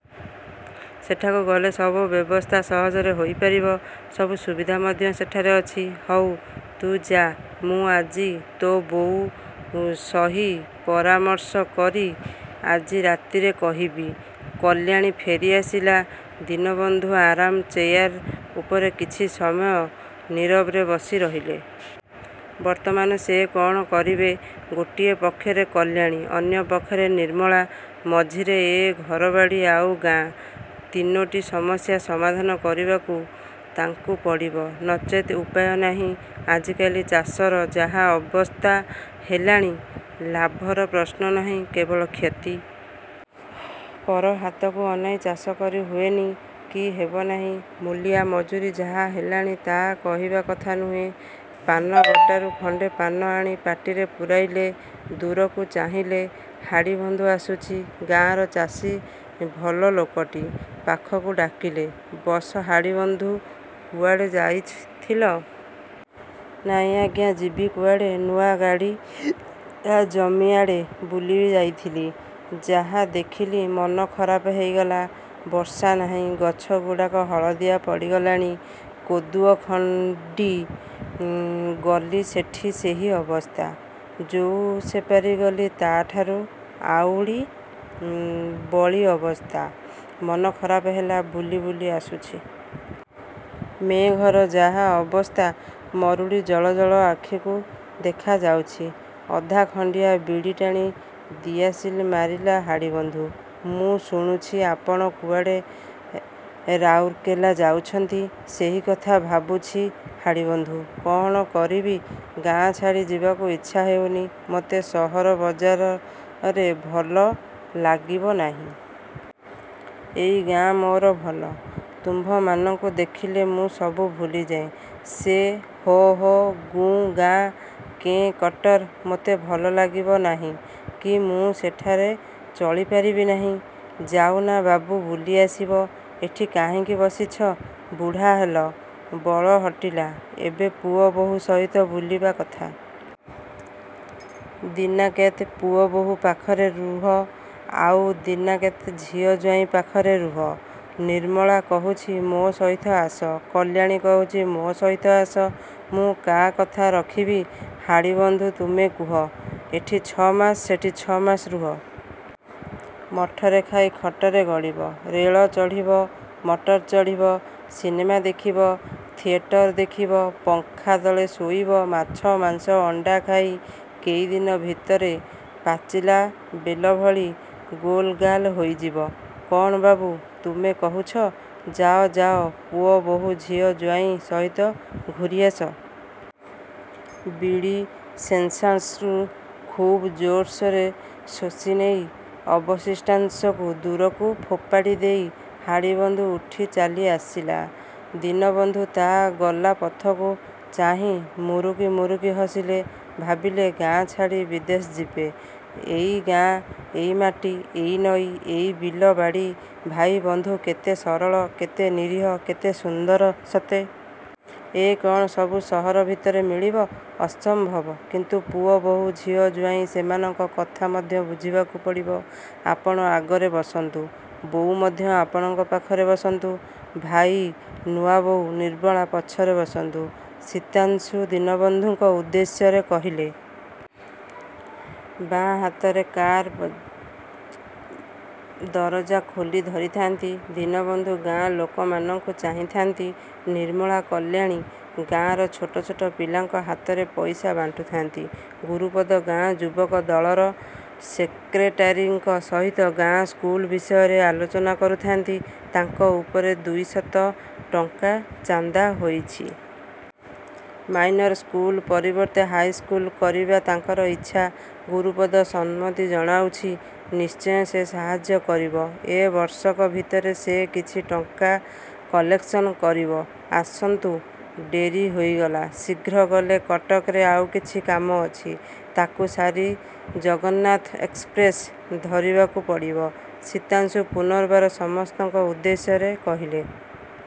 ସେଠାକୁ ଗଲେ ସବୁ ବ୍ୟବସ୍ଥା ସହଜରେ ହୋଇ ପାରିବ। ସବୁ ସୁବିଧା ମଧ୍ୟ ସେଠାରେ ଅଛି। ହଉ ତୁ ଯା ମୁଁ ଆଜି ତୋ' ବୋଉ ସହି ପରାମର୍ଶ କରି ଆଜି ରାତିରେ କହିବି। କଲ୍ୟାଣୀ ଫେରି ଆସିଲା। ଦୀନବନ୍ଧୁ ଆରାମ୍ ଚେୟାର ଉପରେ କିଛି ସମୟ ନୀରବରେ ବସି ରହିଲେ। ବର୍ତ୍ତମାନ ସେ କ'ଣ କରିବେ? ଗୋଟିଏ ପକ୍ଷରେ କଲ୍ୟାଣୀ, ଅନ୍ୟ ପକ୍ଷରେ ନିର୍ମଳା; ମଝିରେ ଏ ଘରବାଡ଼ି ଆଉ ଗାଁ। ତିନୋଟି ସମସ୍ୟା ସମାଧାନ କରିବାକୁ ତାଙ୍କୁ ପଡ଼ିବ। ନଚେତ୍ ଉପାୟ ନାହିଁ। ଆଜିକାଲି ଚାଷର ଯାହା ଅବସ୍ଥା ହେଲାଣି ଲାଭର ପ୍ରଶ୍ନ ନାହିଁ କେବଳ କ୍ଷତି। ପର ହାତକୁ ଅନାଇ ଚାଷ କରି ହୁଏନି, କି ହେବ ନାହିଁ। ମୂଲିଆ ମଜୁରୀ ଯାହା ହେଲାଣି, ତାହା କହିବା କଥା ନୁହେଁ। ପାନବଟାରୁ ଖଣ୍ଡେ ପାନ ଆଣି ପାଟିରେ ପୂରାଇଲେ। ଦୂରକୁ ଚାହିଁଲେ ହାଡ଼ିବନ୍ଧୁ ଆସୁଛି। ଗାଁର ଚାଷୀ ଭଲ ଲୋକଟି। ପାଖକୁ ଡାକିଲେ, ବସ ହାଡ଼ିବନ୍ଧୁ, କୁଆଡ଼େ ଯାଇଥିଲ? ନାହିଁ ଆଜ୍ଞା ଯିବି କୁଆଡ଼େ। ନୂଆ ଗାଡ଼ିଆ ଜମିଆଡ଼େ ବୁଲି ଯାଇଥିଲି। ଯାହା ଦେଖିଲି, ମନ ଖରାପ ହୋଇଗଲା। ବର୍ଷା ନାହିଁ ଗଛଗୁଡ଼ାକ ହଳଦିଆ ପଡ଼ିଗଲାଣି। କୋଦୁଅଖଣ୍ଡି ଗଲି ସେଠି ସେହି ଅବସ୍ଥା। ଯୋର ସେପାରି ଗଲି ତା'ଠାରୁ ଆଉରି ବଳି ଅବସ୍ଥା। ମନ ଖରାପ ହେଲା ବୁଲି ବୁଲି ଆସୁଛି। ମେଘର ଯାହା ଅବସ୍ଥା, ମରୁଡ଼ି ଜଳ ଜଳ ଆଖିକୁ ଦେଖାଯାଉଛି। ଅଧା ଖଣ୍ଡିଆ ବିଡ଼ି ଟାଣି ଦିଆସିଲି ମାରିଲା ହାଡ଼ିବନ୍ଧୁ। ମୁଁ ଶୁଣୁଛି ଆପଣ କୁଆଡ଼େ ରାଉରକେଲା ଯାଉଛନ୍ତି। ସେହିକଥା ଭାବୁଛି ହାଡ଼ିବନ୍ଧୁ! କ'ଣ କରିବି। ଗାଁ ଛାଡ଼ି ଯିବାକୁ ଇଚ୍ଛା ହେଉନି। ମୋତେ ସହର ବଜାରରେ ଭଲ ଲାଗିବ ନାହିଁ। ଏଇ ଗାଁ ମୋର ଭଲ। ତୁମ୍ଭମାନଙ୍କୁ ଦେଖିଲେ ମୁଁ ସବୁ ଭୁଲିଯାଏ। ସେ ହୋ ହୋ ଗୁଁ ଗାଁ କେଁ କଟର ମୋତେ ଭଲ ଲାଗିବ ନାହିଁ କି ମୁଁ ସେଠାରେ ଚଳିପାରିବି ନାହିଁ। ଯାଉନା ବାବୁ ବୁଲି ଆସିବ, ଏଠି କାହିଁକି ବସିଛ। ବୁଢ଼ା ହେଲ, ବଳ ହଟିଲା, ଏବେ ପୁଅ ବୋହୂ ସହିତ ବୁଲିବା କଥା। ଦିନାକେତେ ପୁଅ ବୋହୂ ପାଖରେ ରୁହ। ଆଉ ଦିନାକେତେ ଝିଅ ଜ୍ୱାଇଁ ପାଖରେ ରୁହ। ନିର୍ମଳା କହୁଛି ମୋ ସହିତ ଆସ, କଲ୍ୟାଣୀ କହୁଛି ମୋ ସହିତ ଆସ। ମୁଁ କା କଥା ରଖିବି? ହାଡ଼ିବନ୍ଧୁ, ତୁମେ କୁହ। ଏଠି ଛ'ମାସ, ସେଠି ଛ'ମାସ ରୁହ। ମଠରେ ଖାଇ ଖଟରେ ଗଡ଼ିବ। ରେଳ ଚଢ଼ିବ, ମଟର ଚଢ଼ିବ; ସିନେମା ଦେଖିବ, ଥିଏଟର ଦେଖିବ, ପଙ୍ଖା ତଳେ ଶୋଇବ, ମାଛ, ମାଂସ, ଅଣ୍ଡା ଖାଇ କେଇଦିନ ଭିତରେ ପାଚିଲା ବେଲଭଳି ଗୋଲଗାଲ ହୋଇଯିବ। କ'ଣ ବାବୁ ତୁମେ କହୁଛ। ଯାଅ ଯାଅ ପୁଅ, ବୋହୂ ଝିଅ, ଜ୍ୱାଇଁ ସହିତ ଘୂରିଆସ। ବିଡ଼ି ଶେଷାଂସରୁ ଖୁବ୍ ଜୋରସୋର ଶୋଷିନେଇ ଅବଶିଷ୍ଟାଂଶକୁ ଦୂରକୁ ଫୋପାଡ଼ି ଦେଇ ହାଡ଼ିବନ୍ଧୁ ଉଠି ଚାଲି ଆସିଲା। ଦୀନବନ୍ଧୁ ତା' ଗଲା ପଥକୁ ଚାହିଁ ମୁରୁକି ମୁରୁକି ହସିଲେ। ଭାବିଲେ ଗାଁ ଛାଡ଼ି ବିଦେଶ ଯିବେ। ଏଇ ଗାଁ, ଏଇ ମାଟି, ଏଇ ନଈ, ଏଇ ବିଲ ବାଡ଼ି, ଭାଇବନ୍ଧୁ, କେତେ ସରଳ, କେତେ ନିରୀହ, କେତେ ସୁନ୍ଦର ସତେ। ଏ କ'ଣ ସବୁ ସହର ଭିତରେ ମିଳିବ? ଅସମ୍ଭବ। କିନ୍ତୁ ପୁଅ ବୋହୂ, ଝିଅ ଜ୍ୱାଇଁ ସେମାନଙ୍କ କଥା ମଧ୍ୟ ବୁଝିବାକୁ ପଡ଼ିବ। ଆପଣ ଆଗରେ ବସନ୍ତୁ। ବୋଉ ମଧ୍ୟ ଆପଣଙ୍କ ପାଖରେ ବସନ୍ତୁ, ଭାଇ, ନୂଆବୋଉ, ନିର୍ମଳା ପଛରେ ବସନ୍ତୁ, ଶୀତାଂଶୁ ଦୀନବନ୍ଧୁଙ୍କ ଉଦ୍ଦେଶ୍ୟରେ କହିଲେ। ବାଆଁ ହାତରେ କାର୍ର ଦରଜା ଖୋଲି ଧରିଥାନ୍ତି। ଦୀନବନ୍ଧୁ ଗାଁ ଲୋକମାନଙ୍କୁ ଚାହିଁଥାନ୍ତି। ନିର୍ମଳା, କଲ୍ୟାଣୀ ଗାଁର ଛୋଟ ଛୋଟ ପିଲାଙ୍କ ହାତରେ ପଇସା ବାଣ୍ଟୁଥାନ୍ତି। ଗୁରୁପଦ ଗାଁ ଯୁବକ ଦଳର ସେକ୍ରେଟାରୀଙ୍କ ସହିତ ଗାଁ ସ୍କୁଲ ବିଷୟରେ ଆଲୋଚନା କରୁଥାନ୍ତି। ତାଙ୍କ ଉପରେ ଦୁଇଶତ ଟଙ୍କା ଚାନ୍ଦା ହୋଇଛି। ମାଇନର ସ୍କୁଲ ପରିବର୍ତ୍ତେ ହାଇସ୍କୁଲ କରିବା ତାଙ୍କର ଇଚ୍ଛା। ଗୁରୁପଦ ସମ୍ମତି ଜଣାଉଛି। ନିଶ୍ଚୟ ସେ ସାହାଯ୍ୟ କରିବ। ଏ ବର୍ଷକ ଭିତରେ ସେ କିଛି ଟଙ୍କା କଲେକ୍ସନ କରିବ। ଆସନ୍ତୁ ଡେରି ହୋଇଗଲା। ଶୀଘ୍ର ଗଲେ କଟକରେ ଆଉ କିଛି କାମ ଅଛି, ତା'କୁ ସାରି ଜଗନ୍ନାଥ ଏକ୍ସପ୍ରେସ୍ ଧରିବାକୁ ପଡ଼ିବ, ଶୀତାଂଶୁ ପୁନର୍ବାର ସମସ୍ତଙ୍କ ଉଦ୍ଦେଶ୍ୟରେ କହିଲେ।